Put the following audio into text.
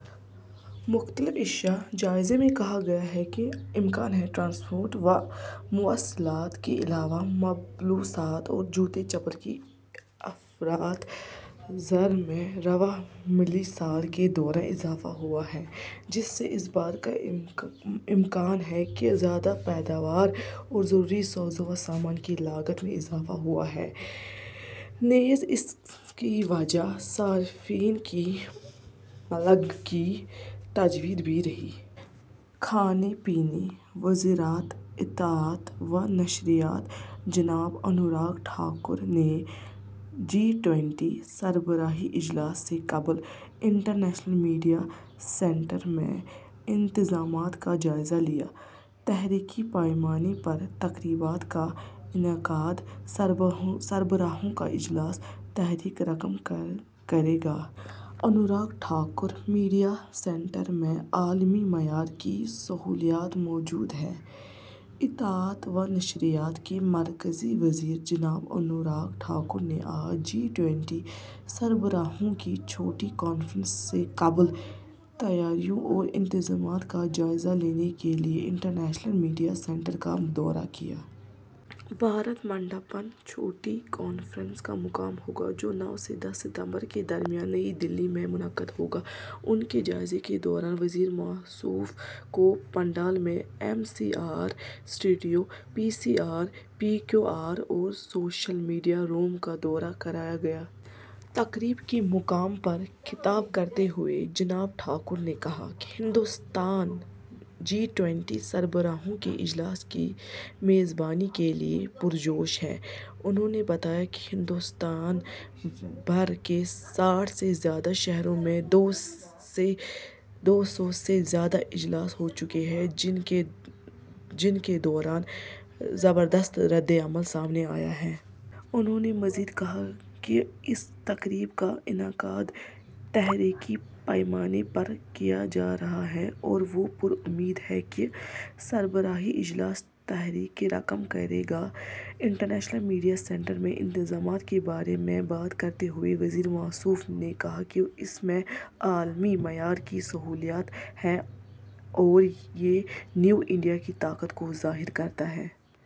مختلف اشیا: جائزے میں کہا گیا ہے کہ امکان ہے کہ ٹرانسپورٹ و مواصلات کے علاوہ ملبوسات اور جوتے چپل کی افراط زر میں رواں مالی سال کے دوران اضافہ ہوا ہے، جس سے اس بات کا امکان ہے کہ زیادہ پیداوار اور ضروری ساز و سامان کی لاگت میں اضافہ ہوا ہے، نیز اس کی وجہ صارفین کی مانگ کی تجدید بھی رہی۔ کھانے پینے۔ وزارت اطلاعات و نشریات۔ جناب انوراگ ٹھاکر نے جی ٹوئنٹی سربراہی اجلاس سے قبل انٹرنیشنل میڈیا سینٹر میں انتظامات کا جائزہ لیا۔ تاریخی پیمانے پر تقریبات کا انعقاد، سربراہوں کا اجلاس تاریخ رقم کرے گا۔ انوراگ ٹھاکر۔ میڈیا سینٹر میں عالمی معیار کی سہولیات موجود ہیں۔ اطلاعات و نشریات کے مرکزی وزیر جناب انوراگ ٹھاکر نے آج جی ٹوئنٹی سربراہوں کی چوٹی کانفرنس سے قبل تیاریوں اور انتظامات کا جائزہ لینے کے لیے انٹرنیشنل میڈیا سینٹر کا دورہ کیا۔ بھارت منڈپم چوٹی کانفرنس کا مقام ہوگا، جو نو سے دس ستمبر کے درمیان نئی دہلی میں منعقد ہوگا۔ ان کے جائزے کے دوران وزیر موصوف کو پنڈال میں M C R, studio, P C R, P Q R اور سوشل میڈیا روم کا دورہ کرایا گیا۔ تقریب کے مقام پر خطاب کرتے ہوئے جناب ٹھاکر نے کہا کہ ہندوستان جی ٹوئنٹی سربراہوں کے اجلاس کی میزبانی کے لیے پُرجوش ہے۔ انہوں نے بتایا کہ ہندوستان بھر کے ساٹھ سے زیادہ شہروں میں دو سو سے زیادہ اجلاس ہو چکے ہیں، جن کے دوران زبردست ردعمل سامنے آیا ہے۔ انہوں نے مزید کہا کہ اس تقریب کا انعقاد تاریخی پیمانے پر کیا جا رہا ہے اور وہ پُرامید ہیں کہ سربراہی اجلاس تاریخ رقم کرے گا۔ انٹرنیشنل میڈیا سینٹر میں انتظامات کے بارے میں بات کرتے ہوئے وزیر موصوف نے کہا کہ اس میں عالمی معیار کی سہولیات ہیں اور یہ نیو انڈیا کی طاقت کو ظاہر کرتا ہے۔